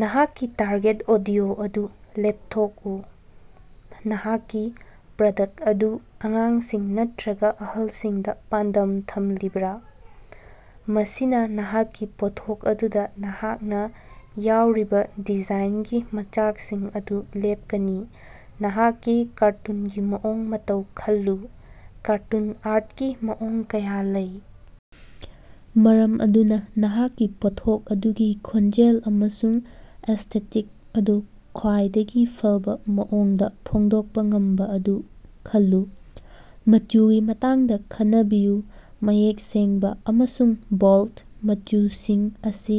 ꯅꯍꯥꯛꯀꯤ target audio ꯑꯗꯨ ꯂꯦꯞꯊꯣꯛꯎ ꯅꯍꯥꯛꯀꯤ ꯄ꯭ꯔꯗꯛ ꯑꯗꯨ ꯑꯉꯥꯡꯁꯤꯡ ꯅꯠꯇ꯭ꯔꯒ ꯑꯍꯜꯁꯤꯡꯗ ꯄꯥꯟꯗꯝ ꯊꯝꯂꯤꯕꯔꯥ? ꯃꯁꯤꯅ ꯅꯍꯥꯛꯀꯤ ꯄꯣꯠꯊꯣꯛ ꯑꯗꯨꯗ ꯅꯍꯥꯛꯅ ꯌꯥꯎꯔꯤꯕ ꯗꯤꯖꯥꯏꯟꯒꯤ ꯃꯆꯥꯛꯁꯤꯡ ꯑꯗꯨ ꯂꯦꯞꯀꯅꯤ꯫ ꯅꯍꯥꯛꯀꯤ ꯀꯥꯔꯇꯨꯟꯒꯤ ꯃꯑꯣꯡ ꯃꯇꯧ ꯈꯜꯂꯨ ꯀꯥꯔꯇꯨꯟ ꯑꯥ꯭ꯔꯠꯀꯤ ꯃꯑꯣꯡ ꯀꯌꯥ ꯂꯩ ꯃꯔꯝ ꯑꯗꯨꯅ ꯅꯍꯥꯛꯀꯤ ꯄꯣꯠꯊꯣꯛ ꯑꯗꯨꯒꯤ ꯈꯣꯟꯖꯦꯜ ꯑꯃꯁꯨꯡ ꯑꯦꯁꯇꯦꯇꯤꯛꯁ ꯑꯗꯨ ꯈ꯭ꯋꯥꯏꯗꯒꯤ ꯐꯕ ꯃꯑꯣꯡꯗ ꯐꯣꯡꯗꯣꯛꯄ ꯉꯝꯕ ꯑꯗꯨ ꯈꯜꯂꯨ꯫ ꯃꯆꯨꯒꯤ ꯃꯇꯥꯡꯗ ꯈꯅꯕꯤꯌꯨ ꯃꯌꯦꯛ ꯁꯦꯡꯕ ꯑꯃꯁꯨꯡ ꯕꯣꯜꯗ ꯃꯆꯨꯁꯤꯡ ꯑꯁꯤ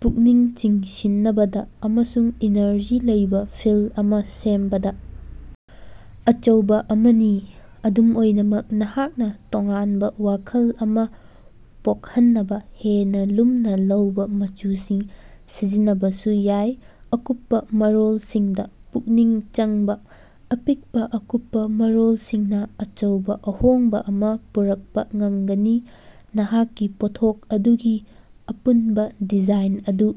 ꯄꯨꯛꯅꯤꯡ ꯆꯤꯡꯁꯤꯅꯕꯗ ꯑꯃꯁꯨꯡ ꯏꯅ꯭ꯔꯖꯤ ꯂꯩꯕ ꯐꯤꯜ ꯑꯃ ꯁꯦꯝꯕꯗ ꯑꯆꯧꯕ ꯑꯃꯅꯤ꯫ ꯑꯗꯨꯝ ꯑꯣꯏꯅꯃꯛ, ꯅꯍꯥꯛꯅ ꯇꯣꯉꯥꯟꯕ ꯋꯥꯈꯜ ꯑꯃ ꯄꯣꯈꯟꯅꯕ ꯍꯦꯟꯅ ꯂꯨꯝꯅ ꯂꯧꯕ ꯃꯆꯨꯁꯤꯡ ꯁꯤꯖꯤꯟꯅꯕꯁꯨ ꯌꯥꯏ꯫ ꯑꯀꯨꯞꯄ ꯃꯔꯣꯂꯁꯤꯡꯗ ꯄꯨꯛꯅꯤꯡ ꯆꯪꯕꯥ ꯑꯄꯤꯛꯄ ꯑꯀꯨꯞꯄ ꯃꯔꯣꯂꯁꯤꯡꯅ ꯑꯆꯧꯕ ꯑꯍꯣꯡꯕ ꯑꯃ ꯄꯨꯔꯛꯄ ꯉꯝꯒꯅꯤ꯫ ꯅꯍꯥꯛꯀꯤ ꯄꯣꯠꯊꯣꯛ ꯑꯗꯨꯒꯤ ꯑꯄꯨꯟꯕ ꯗꯤꯖꯥꯏꯟ ꯑꯗꯨ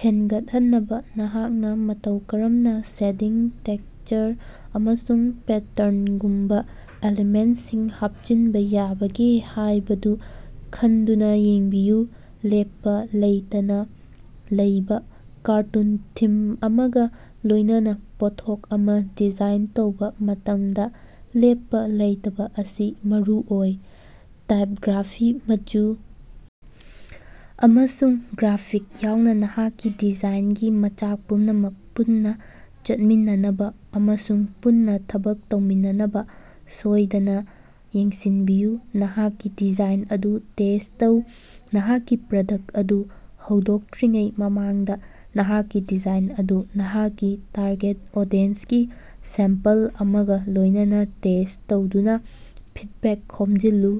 ꯍꯦꯟꯒꯠꯍꯟꯅꯕ ꯅꯍꯥꯛꯅ ꯃꯇꯧ ꯀꯔꯝꯅ ꯁꯦꯗꯤꯡ, ꯇꯦꯛꯁꯆꯔ, ꯑꯃꯁꯨꯡ ꯄꯦꯇ꯭ꯔꯟꯒꯨꯝꯕ ꯑꯦꯂꯤꯃꯦꯟꯠꯁꯤꯡ ꯍꯥꯞꯆꯤꯟꯕ ꯌꯥꯕꯒꯦ ꯍꯥꯌꯕꯗꯨ ꯈꯟꯗꯨꯅ ꯌꯦꯡꯕꯤꯌꯨ꯫ ꯂꯦꯞꯄ ꯂꯩꯇꯅ ꯂꯩꯕ: ꯀꯥꯔꯇꯨꯟ ꯊꯤꯝ ꯑꯃꯒ ꯂꯣꯏꯅꯅ ꯄꯣꯠꯊꯣꯛ ꯑꯃ ꯗꯤꯖꯥꯏꯟ ꯇꯧꯕ ꯃꯇꯃꯗ ꯂꯦꯞꯄ ꯂꯩꯇꯕ ꯑꯁꯤ ꯃꯔꯨ ꯑꯣꯏ꯫ ꯇꯥꯏꯄꯒ꯭ꯔꯥꯐꯤ, ꯃꯆꯨ ꯑꯃꯁꯨꯡ ꯒ꯭ꯔꯥꯐꯤꯛꯁ ꯌꯥꯎꯅ ꯅꯍꯥꯛꯀꯤ ꯗꯤꯖꯥꯏꯒꯤ ꯃꯆꯥꯛ ꯄꯨꯝꯅꯃꯛ ꯄꯨꯟꯅ ꯆꯠꯃꯤꯟꯅꯕ ꯑꯃꯁꯨꯡ ꯄꯨꯟꯅ ꯊꯕꯛ ꯇꯧꯃꯤꯟꯅꯅꯕ ꯁꯣꯏꯗꯅ ꯌꯦꯡꯁꯤꯟꯕꯤꯌꯨ꯫ ꯅꯍꯥꯛꯀꯤ ꯗꯤꯖꯥꯏꯟ ꯑꯗꯨ ꯇꯦꯁ꯭ꯠ ꯇꯧ ꯅꯍꯥꯛꯀꯤ ꯄ꯭ꯔꯗꯛ ꯑꯗꯨ ꯍꯧꯗꯣꯛꯇ꯭ꯔꯤꯉꯩ ꯃꯃꯥꯡꯗ, ꯅꯍꯥꯛꯀꯤ ꯗꯤꯖꯥꯏꯟ ꯑꯗꯨ ꯅꯍꯥꯛꯀꯤ ꯇꯥꯔꯒꯦꯠ ꯑꯣꯗꯤꯌꯦꯟꯁꯀꯤ ꯁꯦꯝꯄꯜ ꯑꯃꯒ ꯂꯣꯏꯅꯅ ꯇꯦꯁ꯭ꯠ ꯇꯧꯗꯨꯅ ꯐꯤꯠꯕꯦꯛ ꯈꯣꯝꯖꯤꯜꯂꯨ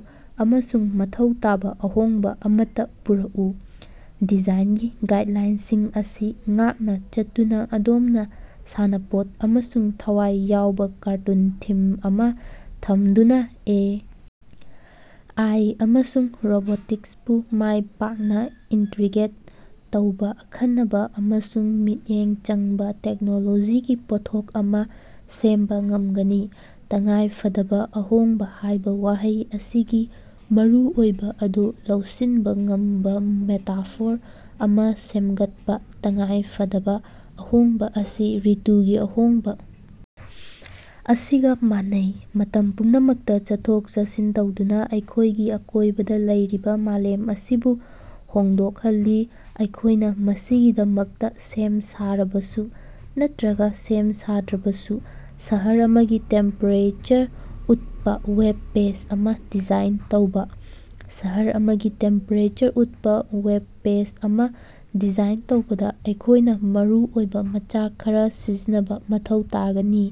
ꯑꯃꯁꯨꯡ ꯃꯊꯧ ꯇꯥꯕ ꯑꯍꯣꯡꯕ ꯑꯃꯠꯇ ꯄꯨꯔꯛꯎ꯫ ꯗꯤꯖꯥꯏꯟꯒꯤ ꯒꯥꯏꯗꯂꯥꯏꯟꯁꯤꯡ ꯑꯁꯤ ꯉꯥꯛꯅ ꯆꯠꯇꯨꯅ ꯑꯗꯣꯝꯅ ꯁꯥꯟꯅꯄꯣꯠ ꯑꯃꯁꯨꯡ ꯊꯋꯥꯏ ꯌꯥꯎꯕ ꯀꯥꯔꯇꯨꯟ ꯊꯤꯝ ꯑꯃ ꯊꯝꯗꯨꯅ ꯑꯦ ꯑꯥꯏ ꯑꯃꯁꯨꯡ ꯔꯣꯕꯣꯇꯤꯛꯁꯄꯨ ꯃꯥꯏ ꯄꯥꯛꯅ ꯏꯟꯇꯤꯒ꯭ꯔꯦꯠ ꯇꯧꯕ ꯑꯈꯟꯅꯕ ꯑꯃꯁꯨꯡ ꯃꯤꯠꯌꯦꯡ ꯆꯪꯕ ꯇꯦꯛꯅꯣꯂꯣꯖꯤꯒꯤ ꯄꯣꯠꯊꯣꯛ ꯑꯃ ꯁꯦꯝꯕ ꯉꯝꯒꯅꯤ꯫ "ꯇꯉꯥꯏꯐꯗꯕ ꯑꯍꯣꯡꯕ" ꯍꯥꯏꯕ ꯋꯥꯍꯩ ꯑꯁꯤꯒꯤ ꯃꯔꯨꯑꯣꯏꯕ ꯑꯗꯨ ꯂꯧꯁꯤꯟꯕ ꯉꯝꯕ ꯃꯦꯇꯥꯐꯣꯔ ꯑꯃ ꯁꯦꯝꯒꯠꯄ꯫ ꯇꯉꯥꯏꯐꯗꯕ ꯑꯍꯣꯡꯕ ꯑꯁꯤ ꯔꯤꯇꯨꯒꯤ ꯑꯍꯣꯡꯕ ꯑꯁꯤꯒ ꯃꯥꯟꯅꯩ, ꯃꯇꯝ ꯄꯨꯝꯅꯃꯛꯇ ꯆꯠꯊꯣꯛ-ꯆꯠꯁꯤꯟ ꯇꯧꯗꯨꯅ, ꯑꯩꯈꯣꯏꯒꯤ ꯑꯀꯣꯏꯕꯗ ꯂꯩꯔꯤꯕ ꯃꯥꯂꯦꯝ ꯑꯁꯤꯕꯨ ꯍꯣꯡꯗꯣꯛꯍꯜꯂꯤ, ꯑꯩꯈꯣꯏꯅ ꯃꯁꯤꯒꯤꯗꯃꯛꯇ ꯁꯦꯝ ꯁꯥꯔꯕꯁꯨ ꯅꯠꯇꯔꯒ ꯁꯦꯝ ꯁꯥꯗ꯭ꯔꯕꯁꯨ꯫ ꯁꯍꯔ ꯑꯃꯒꯤ ꯇꯦꯝꯄꯦꯔꯦꯆꯔ ꯎꯠꯄꯥ ꯋꯦꯕ ꯄꯦꯖ ꯑꯃꯥ ꯗꯤꯖꯥꯏꯟ ꯇꯧꯕꯥ꯫ ꯁꯍꯔ ꯑꯃꯒꯤ ꯇꯦꯝꯄꯦꯔꯦꯆꯔ ꯎꯠꯄ ꯋꯦꯕ ꯄꯦꯖ ꯑꯃ ꯗꯤꯖꯥꯏꯟ ꯇꯧꯕꯗ ꯑꯩꯈꯣꯏꯅ ꯃꯔꯨꯑꯣꯏꯕ ꯃꯆꯥꯛ ꯈꯔ ꯁꯤꯖꯤꯟꯅꯕ ꯃꯊꯧ ꯇꯥꯒꯅꯤ꯫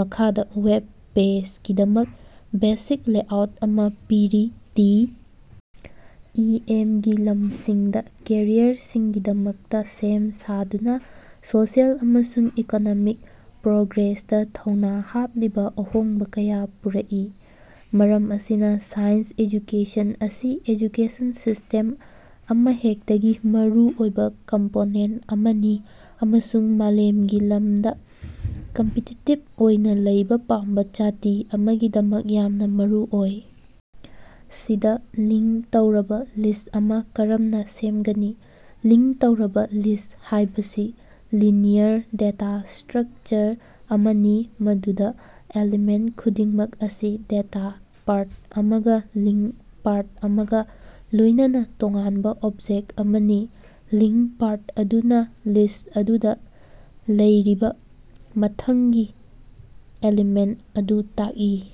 ꯃꯈꯥꯗ ꯋꯦꯕ ꯄꯦꯖꯒꯤꯗꯃꯛ ꯕꯦꯁꯤꯛ ꯂꯦꯑꯥꯎꯠ ꯑꯃꯥ ꯄꯤꯔꯤ ꯇꯤ ꯏ. ꯑꯦꯝ. ꯒꯤ ꯂꯝꯁꯤꯡꯗ ꯀꯦꯔꯤꯌꯔꯁꯤꯡꯒꯤꯗꯃꯛꯇ ꯁꯦꯝ ꯁꯥꯗꯨꯅ ꯁꯣꯁꯤꯑꯦꯜ ꯑꯃꯁꯨꯡ ꯏꯀꯣꯅꯣꯃꯤꯛ ꯄ꯭ꯔꯣꯒ꯭ꯔꯦꯁꯇ ꯊꯧꯅꯥ ꯍꯥꯞꯂꯤꯕ ꯑꯍꯣꯡꯕ ꯀꯌꯥ ꯄꯨꯔꯛꯏ꯫ ꯃꯔꯝ ꯑꯁꯤꯅ ꯁꯥꯏꯟꯁ ꯑꯦꯖꯨꯀꯦꯁꯟ ꯑꯁꯤ ꯑꯦꯖꯨꯀꯦꯁꯟ ꯁꯤꯁ꯭ꯇꯦꯝ ꯑꯃꯍꯦꯛꯇꯒꯤ ꯃꯔꯨꯑꯣꯏꯕ ꯀꯝꯄꯣꯅꯦꯟꯠ ꯑꯃꯅꯤ ꯑꯃꯁꯨꯡ ꯃꯥꯂꯦꯃꯒꯤ ꯂꯝꯗ ꯀꯝꯄꯤꯇꯤꯇꯤꯕ ꯑꯣꯏꯅ ꯂꯩꯕ ꯄꯥꯝꯕ ꯖꯥꯇꯤ ꯑꯃꯒꯤꯗꯃꯛ ꯌꯥꯝꯅ ꯃꯔꯨꯑꯣꯏ꯫। ꯁꯤ ꯗꯥ ꯂꯤꯡꯛ ꯇꯧꯔꯕ ꯂꯤꯁ꯭ꯠ ꯑꯃ ꯀꯔꯝꯅ ꯁꯦꯃꯒꯅꯤ? ꯂꯤꯡꯛ ꯇꯧꯔꯕ ꯂꯤꯁ꯭ꯠ ꯍꯥꯏꯕꯁꯤ ꯂꯤꯅꯤꯌꯔ ꯗꯦꯇꯥ ꯁ꯭ꯇꯔꯀꯆꯔ ꯑꯃꯅꯤ ꯃꯗꯨꯗ ꯑꯦꯂꯤꯃꯦꯟꯠ ꯈꯨꯗꯤꯡꯃꯛ ꯑꯁꯤ ꯗꯦꯇꯥ ꯄꯥꯔꯠ ꯑꯃꯒ ꯂꯤꯉ꯭ꯛ ꯄꯥꯔꯠ ꯑꯃꯒ ꯂꯣꯏꯅꯅ ꯇꯣꯉꯥꯟꯕ ꯑꯣꯕꯖꯦꯛꯠ ꯑꯃꯅꯤ꯫ ꯂꯤꯉ꯭ꯛ ꯄꯥꯔꯠ ꯑꯗꯨꯅ ꯂꯤꯁ꯭ꯠ ꯑꯗꯨꯗ ꯂꯩꯔꯤꯕ ꯃꯊꯪꯒꯤ ꯑꯦꯂꯤꯃꯦꯟꯠ ꯑꯗꯨ ꯇꯥꯛꯏ꯫